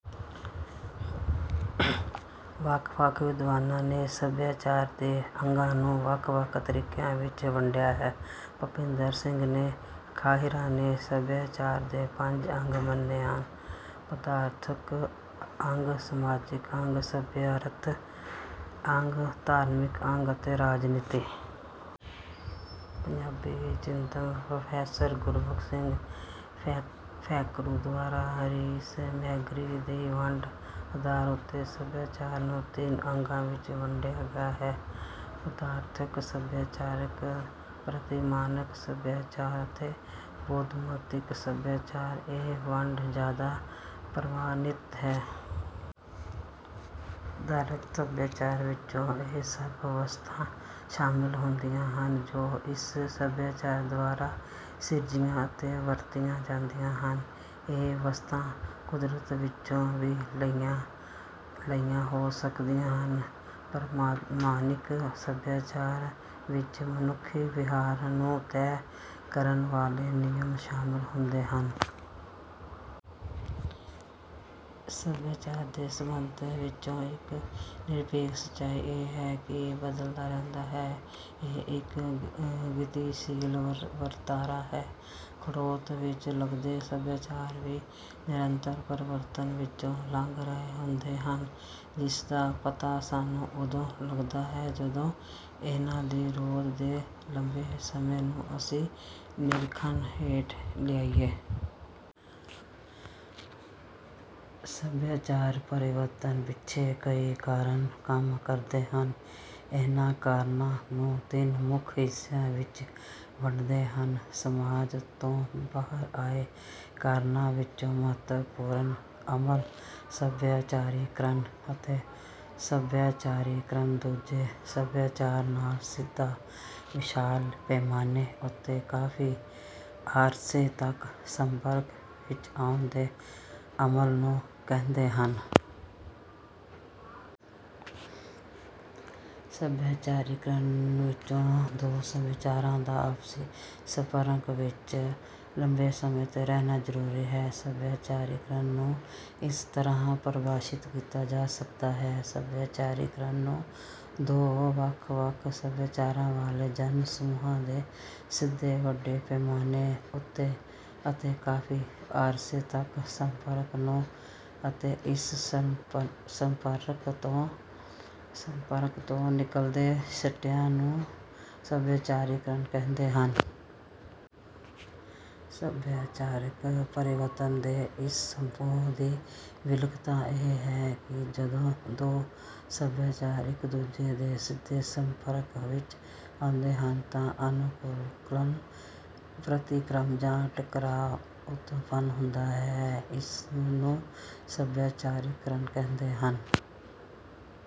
ਵੱਖ ਵੱਖ ਵਿਦਵਾਨਾਂ ਨੇ ਸੱਭਿਆਚਾਰ ਦੇ ਅੰਗਾਂ ਨੂੰ ਵੱਖ ਵੱਖ ਤਰੀਕਿਆਂ ਵਿੱਚ ਵੰਡਿਆ ਹੈ। ਭੁਪਿੰਦਰ ਸਿੰਘ ਨੇ ਖਹਿਰਾ ਨੇ ਸੱਭਿਆਚਾਰ ਦੇ ਪੰਜ ਅੰਗ ਮੰਨੇਆ ਪਦਾਰਥਕ ਅੰਗ ਸਮਾਜਕ ਅੰਗ ਸੰਭਿਆਰਤ ਅੰਗ ਧਾਰਮਕ ਅੰਗ ਅਤੇ ਰਾਜਨੀਤੀ। ਪੰਜਾਬੀ ਚਿੰਤਨ ਪ੍ਰੋਫੈਸਰ ਗੁਰਬਖਸ਼ ਸਿੰਘ ਫ਼ਰੈਂਕ ਦੁਆਰਾ ਰੀਸ ਮੈਕਗੀ ਦੀ ਵੰਡ ਦੇ ਆਧਾਰ ਉੱਤੇ ਸੱਭਿਆਚਾਰ ਨੂੰ ਤਿੰਨ ਅੰਗਾਂ ਵਿੱਚ ਵੰਡਿਆ ਗਿਆ ਹੈ ਪਦਾਰਥਕ ਸੱਭਿਆਚਾਰ ਪ੍ਰਤਿਮਾਨਕ ਸੱਭਿਆਚਾਰ ਅਤੇ ਬੋਧਾਤਮਿਕ ਸੱਭਿਆਚਾਰ। ਇਹ ਵੰਡ ਜ਼ਿਆਦਾ ਪ੍ਰਵਾਨਿਤ ਹੈ। ਪਦਾਰਥਕ ਸੱਭਿਆਚਾਰ ਵਿੱਚ ਉਹ ਸਭ ਵਸਤਾਂ ਸ਼ਾਮਲ ਹੁੰਦੀਆਂ ਹਨ ਜੋ ਉਸ ਸੱਭਿਆਚਾਰ ਦੁਆਰਾ ਸਿਰਜੀਆਂ ਅਤੇ ਵਰਤੀਆਂ ਜਾਂਦੀਆਂ ਹਨ। ਇਹ ਵਸਤਾਂ ਕੁਦਰਤ ਵਿੱਚੋਂ ਵੀ ਲਈਆਂ ਹੋ ਸਕਦੀਆਂ ਹਨ। ਪ੍ਰਤਿਮਾਨਿਕ ਸੱਭਿਆਚਾਰ ਵਿੱਚ ਮਨੁੱਖੀ ਵਿਹਾਰ ਨੂੰ ਤੈਅ ਕਰਨ ਵਾਲੇ ਨਿਯਮ ਸ਼ਾਮਲ ਹੁੰਦੇ ਹਨ। ਸੱਭਿਆਚਾਰ ਦੇ ਸੰਬੰਧ ਵਿੱਚ ਇੱਕ ਨਿਰਪੇਖ ਸਚਾਈ ਇਹ ਹੈ ਕਿ ਇਹ ਬਦਲਦਾ ਰਹਿੰਦਾ ਹੈ। ਇਹ ਇੱਕ ਗਤੀਸ਼ੀਲ ਵਰਤਾਰਾ ਹੈ। ਖੜੋਤ ਵਿੱਚ ਲੱਗਦੇ ਸਭਿਆਚਾਰ ਵੀ ਨਿਰੰਤਰ ਪਰਿਵਰਤਨ ਵਿੱਚੋਂ ਲੰਘ ਰਹੇ ਹੁੰਦੇ ਹਨ ਜਿਸ ਦਾ ਪਤਾ ਸਾਨੂੰ ਉਦੋਂ ਲੱਗਦਾ ਹੈ ਜਦੋਂ ਇਹਨਾਂ ਦੀ ਰੋਂਦ ਦੇ ਲੰਮੇ ਸਮੇਂ ਨੂੰ ਅਸੀਂ ਨਿਰਖਣ ਹੇਠ ਲਿਆਈਏ। ਸੱਭਿਆਚਾਰ ਪਰਿਵਰਤਨ ਪਿੱਛੇ ਕਈ ਕਾਰਨ ਕੰਮ ਕਰਦੇ ਹਨ। ਇਨ੍ਹਾਂ ਕਾਰਨਾਂ ਨੂੰ ਤਿੰਨ ਮੁੱਖ ਹਿੱਸਿਆਂ ਵਿੱਚ ਵੰਡਦੇ ਹਨ। ਸਮਾਜ ਤੋਂ ਬਾਹਰ ਆਏ ਕਾਰਨਾਂ ਵਿੱਚ ਮਹੱਤਵਪੂਰਨ ਅਮਲ ਸੱਭਿਆਚਾਰੀਕਰਨ ਹੈ। ਸੱਭਿਆਚਾਰੀਕਰਨ ਦੂਜੇ ਸਭਿਆਚਾਰ ਨਾਲ ਸਿੱਧਾ ਵਿਸ਼ਾਲ ਪੈਮਾਨੇ ਉੱਤੇ ਅਤੇ ਕਾਫ਼ੀ ਅਰਸੇ ਤੱਕ ਸੰਪਰਕ ਵਿੱਚ ਆਉਣ ਦੇ ਅਮਲ ਨੂੰ ਕਹਿੰਦੇ ਹਨ। ਸੱਭਿਆਚਾਰੀਕਰਨ ਵਿੱਚ ਦੋ ਸੱਭਿਆਚਾਰਾਂ ਦਾ ਆਪਸੀ ਸੰਪਰਕ ਵਿੱਚ ਲੰਮੇ ਸਮੇਂ ਤੋਂ ਰਹਿਣਾ ਜ਼ਰੂਰੀ ਹੈ। ਸੱਭਿਆਚਾਰੀਕਰਨ ਨੂੰ ਇਸ ਤਰ੍ਹਾਂ ਪਰਿਭਾਸ਼ਿਤ ਕੀਤਾ ਜਾ ਸਕਦਾ ਹੈ। ਸੱਭਿਆਚਾਰੀਕਰਨ ਨੂੰ ਦੋ ਵੱਖ ਵੱਖ ਸੱਭਿਆਚਾਰਾਂ ਵਾਲੇ ਜਨ ਸਮੂਹਾਂ ਦੇ ਸਿੱਧੇ ਵੱਡੇ ਪੈਮਾਨੇ ਉੱਤੇ ਅਤੇ ਕਾਫ਼ੀ ਅਰਸੇ ਤੱਕ ਸੰਪਰਕ ਨੂੰ ਅਤੇ ਇਸ ਸੰਪਰਕ ਤੋਂ ਨਿਕਲਦੇ ਸਿੱਟਿਆਂ ਨੂੰ ਸੱਭਿਆਚਾਰੀਕਰਨ ਕਹਿੰਦੇ ਹਨ। ਸੱਭਿਆਚਾਰਕ ਪਰਿਵਰਤਨ ਦੇ ਇਸ ਸਰੂਪ ਦੀ ਵਿਲੱਖਣਤਾ ਇਹ ਹੈ ਕਿ ਜਦੋਂ ਦੋ ਸਭਿਆਚਾਰ ਇੱਕ ਦੂਜੇ ਦੇ ਸਿੱਧੇ ਸੰਪਰਕ ਵਿੱਚ ਆਉਂਦੇ ਹਨ ਤਾਂ ਅਨੁਕੁਲਣ ਪ੍ਰਤਿਕਰਮ ਜਾਂ ਟਕਰਾਅ ਉਤਪੰਨ ਹੁੰਦਾ ਹੈ ਉਸ ਨੂੰ ਸੱਭਿਆਚਾਰੀਕਰਨ ਕਹਿੰਦੇ ਹਨ।